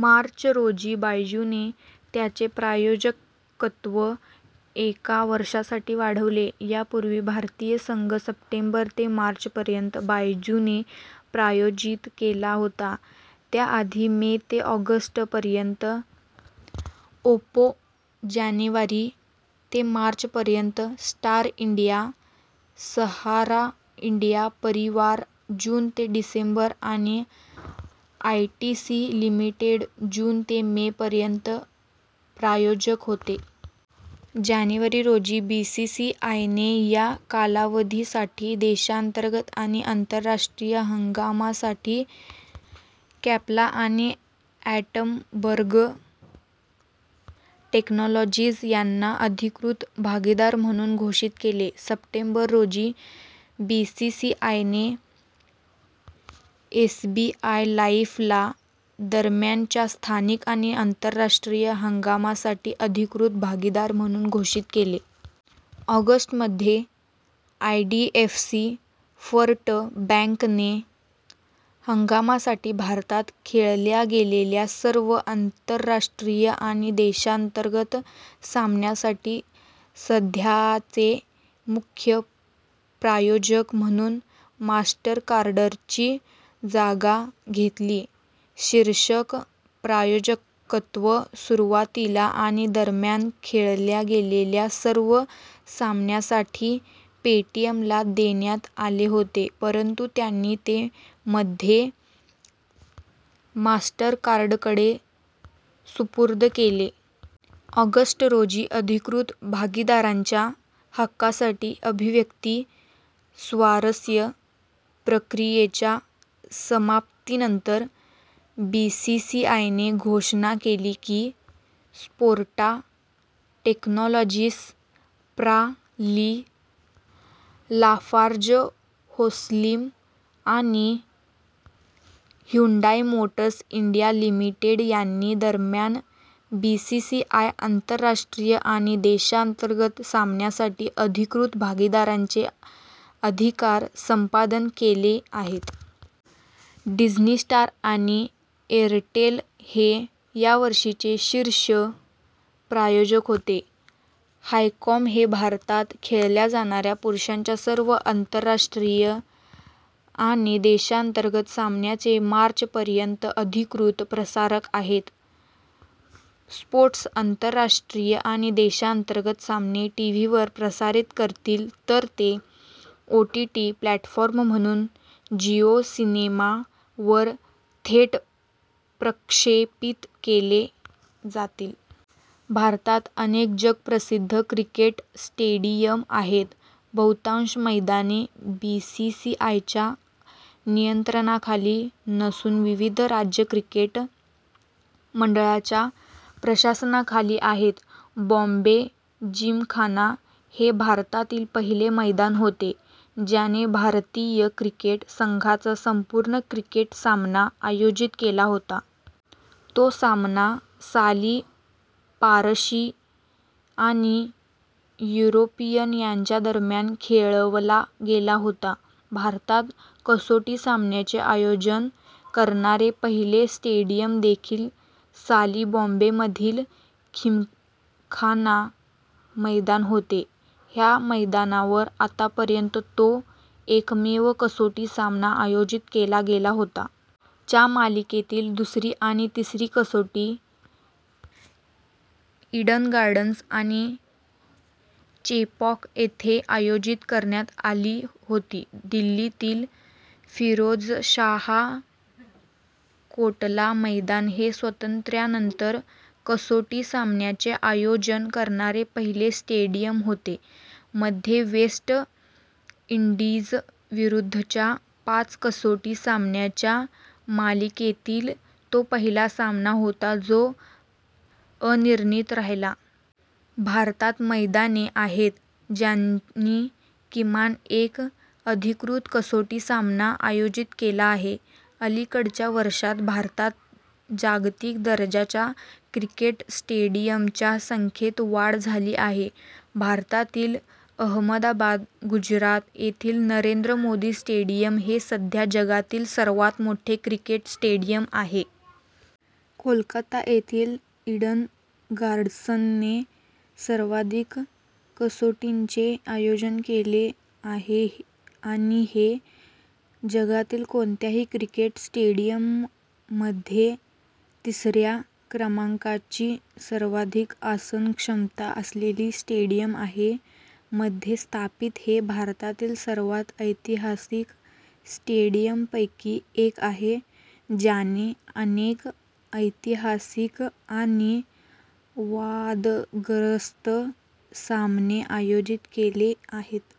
मार्च रोजी, बायजूने त्याचे प्रायोजकत्व एका वर्षासाठी वाढवले. यापूर्वी, भारतीय संघ सप्टेंबर ते मार्च पर्यंत बायजूने प्रायोजित केला होता, त्याआधी मे ते ऑगस्ट पर्यंत ओप्पो, जानेवारी ते मार्च पर्यंत Star India, Sahara India Pariwar जून ते डिसेंबर आणि आयटीसी लिमिटेड जून ते मे पर्यंत प्रायोजक होते. जानेवारी रोजी, बीसीसीआयने - या कालावधीसाठी देशांतर्गत आणि आंतरराष्ट्रीय हंगामासाठी कॅम्पा आणि ॲटमबर्ग टेक्नॉलॉजीज यांना अधिकृत भागीदार म्हणून घोषित केले. सप्टेंबर रोजी, बीसीसीआयने एसबीआय लाईफ ला - दरम्यानच्या स्थानिक आणि आंतरराष्ट्रीय हंगामासाठी अधिकृत भागीदार म्हणून घोषित केले. ऑगस्ट मध्ये, आयडीएफसी फर्स्ट बँके ने - हंगामासाठी भारतात खेळल्या गेलेल्या सर्व आंतरराष्ट्रीय आणि देशांतर्गत सामन्यांसाठी सध्याचे मुख्य प्रायोजक म्हणून मास्टरकार्डची जागा घेतली.। शीर्षक प्रायोजकत्व सुरुवातीला आणि दरम्यान खेळल्या गेलेल्या सर्व सामन्यांसाठी पेटीएम ला देण्यात आले होते परंतु त्यांनी ते मध्ये मास्टरकार्डकडे सुपूर्द केले. ऑगस्ट रोजी, अधिकृत भागीदारांच्या हक्कांसाठी अभिव्यक्ती स्वारस्य प्रक्रियेच्या समाप्तीनंतर, बीसीसीआयने घोषणा केली की स्पोर्टा टेक्नॉलॉजीस प्रा. लि., लाफार्जहोल्सीम आणि ह्युंदाई मोटर्स इंडिया लिमिटेड यांनी दरम्यान बीसीसीआय आंतरराष्ट्रीय आणि देशांतर्गत सामन्यांसाठी अधिकृत भागीदारांचे अधिकार संपादन केले आहेत. डिझ्नी स्टार आणि एअरटेल हे यापूर्वीचे शीर्ष प्रायोजक होते. व्हायकॉम हे भारतात खेळल्या जाणाऱ्या पुरुषांच्या सर्व आंतरराष्ट्रीय आणि देशांतर्गत सामन्यांचे मार्च पर्यंत अधिकृत प्रसारक आहेत. स्पोर्ट्स आंतरराष्ट्रीय आणि देशांतर्गत सामने टीव्हीवर प्रसारित करतील, तर ते ओटीटी प्लॅटफॉर्म म्हणून जिओ सिनेमा वर थेट प्रक्षेपित केले जातील. भारतात अनेक जगप्रसिद्ध क्रिकेट स्टेडियम आहेत. बहुतांश मैदाने बीसीसीआयच्या नियंत्रणाखाली नसून विविध राज्य क्रिकेट मंडळांच्या प्रशासनाखाली आहेत. बॉम्बे जिमखाना हे भारतातील पहिले मैदान होते ज्याने भारतीय क्रिकेट संघाचा संपूर्ण क्रिकेट सामना आयोजित केला होता. तो सामना साली पारशी आणि युरोपियन यांच्यादरम्यान खेळवला गेला होता. भारतात कसोटी सामन्याचे आयोजन करणारे पहिले स्टेडियम देखील साली बॉम्बेमधील जिमखाना मैदान होते. ह्या मैदानावर आतापर्यंत तो एकमेव कसोटी सामना आयोजित केला गेला होता. च्या मालिकेतील दुसरी आणि तिसरी कसोटी ईडन गार्डन्स आणि चेपॉक येथे आयोजित करण्यात आली होती. दिल्लीतील फिरोजशाह कोटला मैदान हे स्वातंत्र्यानंतर कसोटी सामन्याचे आयोजन करणारे पहिले स्टेडियम होते. मध्ये वेस्ट इंडीजविरुद्धच्या पाच कसोटी सामन्यांच्या मालिकेतील तो पहिला सामना होता जो अनिर्णित राहिला. भारतात मैदाने आहेत ज्यांनी किमान एक अधिकृत कसोटी सामना आयोजित केला आहे. अलिकडच्या वर्षांत, भारतात जागतिक दर्जाच्या क्रिकेट स्टेडियमच्या संख्येत वाढ झाली आहे. भारतातील अहमदाबाद, गुजरात येथील नरेंद्र मोदी स्टेडियम हे सध्या जगातील सर्वात मोठे क्रिकेट स्टेडियम आहे. कोलकाता येथील ईडन गार्डन्सने सर्वाधिक कसोटींचे आयोजन केले आहे आणि हे जगातील कोणत्याही क्रिकेट स्टेडियममध्ये तिसऱ्या क्रमांकाची सर्वाधिक आसनक्षमता असलेले स्टेडियम आहे. मध्ये स्थापित, हे भारतातील सर्वात ऐतिहासिक स्टेडियमपैकी एक आहे, ज्याने अनेक ऐतिहासिक आणि वादग्रस्त सामने आयोजित केले आहेत.